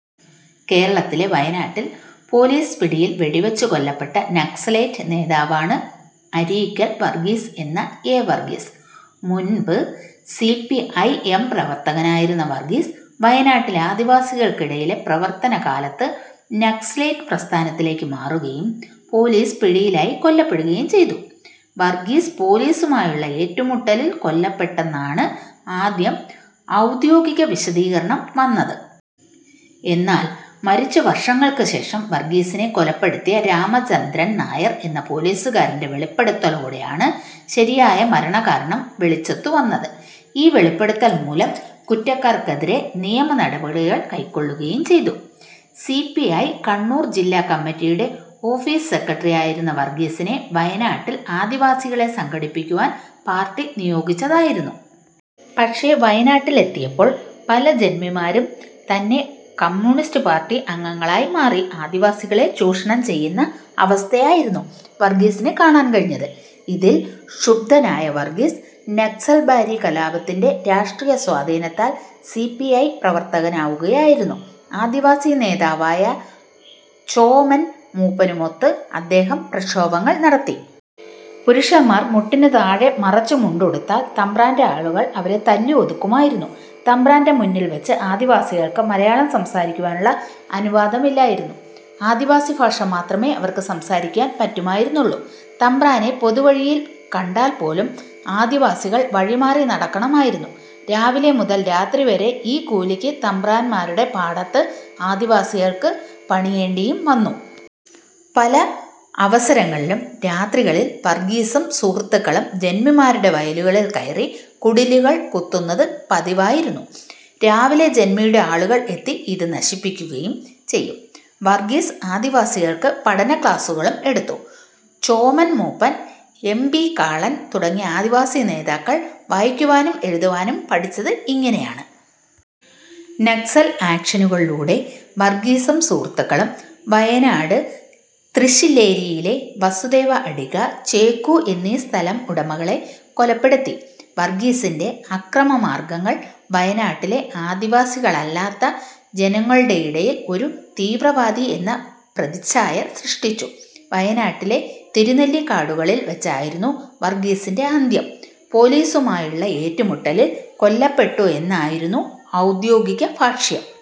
കേരളത്തിലെ വയനാട്ടിൽ പോലീസ് പിടിയിൽ വെടിവെച്ചു കൊല്ലപ്പെട്ട നക്സലൈറ്റു നേതാവാണു അരീക്കൽ വർഗ്ഗീസ് എന്ന എ. വർഗ്ഗീസ്. മുൻപ് സി. പി. ഐ. എം പ്രവർത്തകനായിരുന്ന വർഗ്ഗീസ്, വയനാട്ടിലെ ആദിവസികൾക്കിടയിലെ പ്രവർത്തന കാലത്ത് നക്സലൈറ്റ് പ്രസ്ഥാനത്തിലേക്ക് മാറുകയും. പോലീസ് പിടിയിലായി കൊല്ലപ്പെടുകയും ചെയ്തു. വർഗ്ഗീസ് പോലീസുമായുള്ള ഏറ്റുമുട്ടലിൽ കൊല്ലപ്പെട്ടെന്നാണ് ആദ്യം ഔദ്യോഗികവിശദീകരണം വന്നത്. എന്നാൽ മരിച്ച് വർഷങ്ങൾക്കു ശേഷം വർഗ്ഗീസിനെ കൊലപ്പെടുത്തിയ രാമചന്ദ്രൻ നായർ എന്ന പോലീസുകാരന്റെ വെളിപ്പെടുത്തലോടെയാണ് ശരിയായ മരണകാരണം വെളിച്ചത്തുവന്നത്. ഈ വെളിപ്പെടുത്തൽ മൂലം കുറ്റക്കാർക്കെതിരെ നിയമനടപടികൾ കൈക്കൊള്ളുകയും ചെയ്തു. സി. പി. ഐ കണ്ണൂർ ജില്ലാ കമ്മിറ്റിയുടെ ഓഫീസ് സെക്രട്ടറിയായിരുന്ന വർഗ്ഗീസിനെ വയനാട്ടിൽ ആദിവാസികളെ സംഘടിപ്പിക്കുവാൻ പാർട്ടി നിയോഗിച്ചതായിരുന്നു. പക്ഷേ വയനാട്ടിൽ എത്തിയപ്പോൾ പല ജന്മിമാരും തന്നെ കമ്യൂണിസ്റ്റ് പാർട്ടി അംഗങ്ങളായി മാറി ആദിവാസികളെ ചൂഷണം ചെയ്യുന്ന അവസ്ഥയായിരുന്നു വർഗ്ഗീസിന് കാണാൻ കഴിഞ്ഞത്. ഇതിൽ ക്ഷുബ്ധനായ വർഗ്ഗീസ്, നക്സൽബാരി കലാപത്തിന്റെ രാഷ്ട്രീയസ്വാധീനത്താൽ സി. പി. ഐ പ്രവർത്തകനാവുകയായിരുന്നു. ആദിവാസി നേതാവായ ചോമൻ മൂപ്പനുമൊത്ത് അദ്ദേഹം പ്രക്ഷോഭങ്ങൾ നടത്തി. പുരുഷന്മാർ മുട്ടിനു താഴെ മറച്ച് മുണ്ടുടുത്താൽ തമ്പ്രാന്റെ ആളുകൾ അവരെ തല്ലി ഒതുക്കുമായിരുന്നു. തമ്പ്രാന്റെ മുമ്പിൽ വെച്ച് ആദിവാസികൾക്ക് മലയാളം സംസാരിക്കുവാനുള്ള അനുവാദമില്ലായിരുന്നു. ആദിവാസി ഭാഷ മാത്രമേ അവർക്ക് സംസാരിക്കാൻ പറ്റുമായിരുന്നുള്ളൂ. തമ്പ്രാനെ പൊതുവഴിയിൽ കണ്ടാൽ പോലും ആദിവാസികൾ വഴിമാറി നടക്കണമായിരുന്നു. രാവിലെ മുതൽ രാത്രിവരെ ഈ കൂലിക്ക് തമ്പ്രാന്മാരുടെ പാടത്ത് ആദിവാസികൾക്ക് പണിയേണ്ടിയും വന്നു. പല അവസരങ്ങളിലും രാത്രികളിൽ വർഗ്ഗീസും സുഹൃത്തുക്കളും ജന്മിമാരുടെ വയലുകളിൽ കയറി കുടിലുകൾ കുത്തുന്നത് പതിവായിരുന്നു. രാവിലെ ജന്മിയുടെ ആളുകൾ എത്തി ഇത് നശിപ്പിക്കുകയും ചെയ്യും. വർഗ്ഗീസ് ആദിവാസികൾക്ക് പഠന ക്ലാസുകളും എടുത്തു. ചോമൻ മൂപ്പൻ, എം. പി. കാളൻ തുടങ്ങിയ ആദിവാസി നേതാക്കൾ വായിക്കുവാനും എഴുതുവാനും പഠിച്ചത് ഇങ്ങനെയാണ്. നക്സൽ ആക്ഷനുകളിലൂടെ വർഗ്ഗീസും സുഹൃത്തുക്കളും വയനാടു് ത്രിശ്ശില്ലേരിയിലെ വസുദേവ അഡിഗ, ചേക്കു എന്നീ സ്ഥലം ഉടമകളെ കൊലപ്പെടുത്തി. വർഗ്ഗീസിന്റെ അക്രമ മാർഗ്ഗങ്ങൾ വയനാട്ടിലെ ആദിവാസികളല്ലാത്ത ജനങ്ങളുടെയിടയിൽ ഒരു തീവ്രവാദി എന്ന പ്രതിച്ഛായ സൃഷ്ടിച്ചു. വയനാട്ടിലെ തിരുനെല്ലിക്കാടുകളിൽ വെച്ചായിരുന്നു വർഗ്ഗീസിന്റെ അന്ത്യം. പോലീസുമായുള്ള ഏറ്റുമുട്ടലിൽ കൊല്ലപ്പെട്ടു എന്നായിരുന്നു ഔദ്യോഗിക ഭാഷ്യം.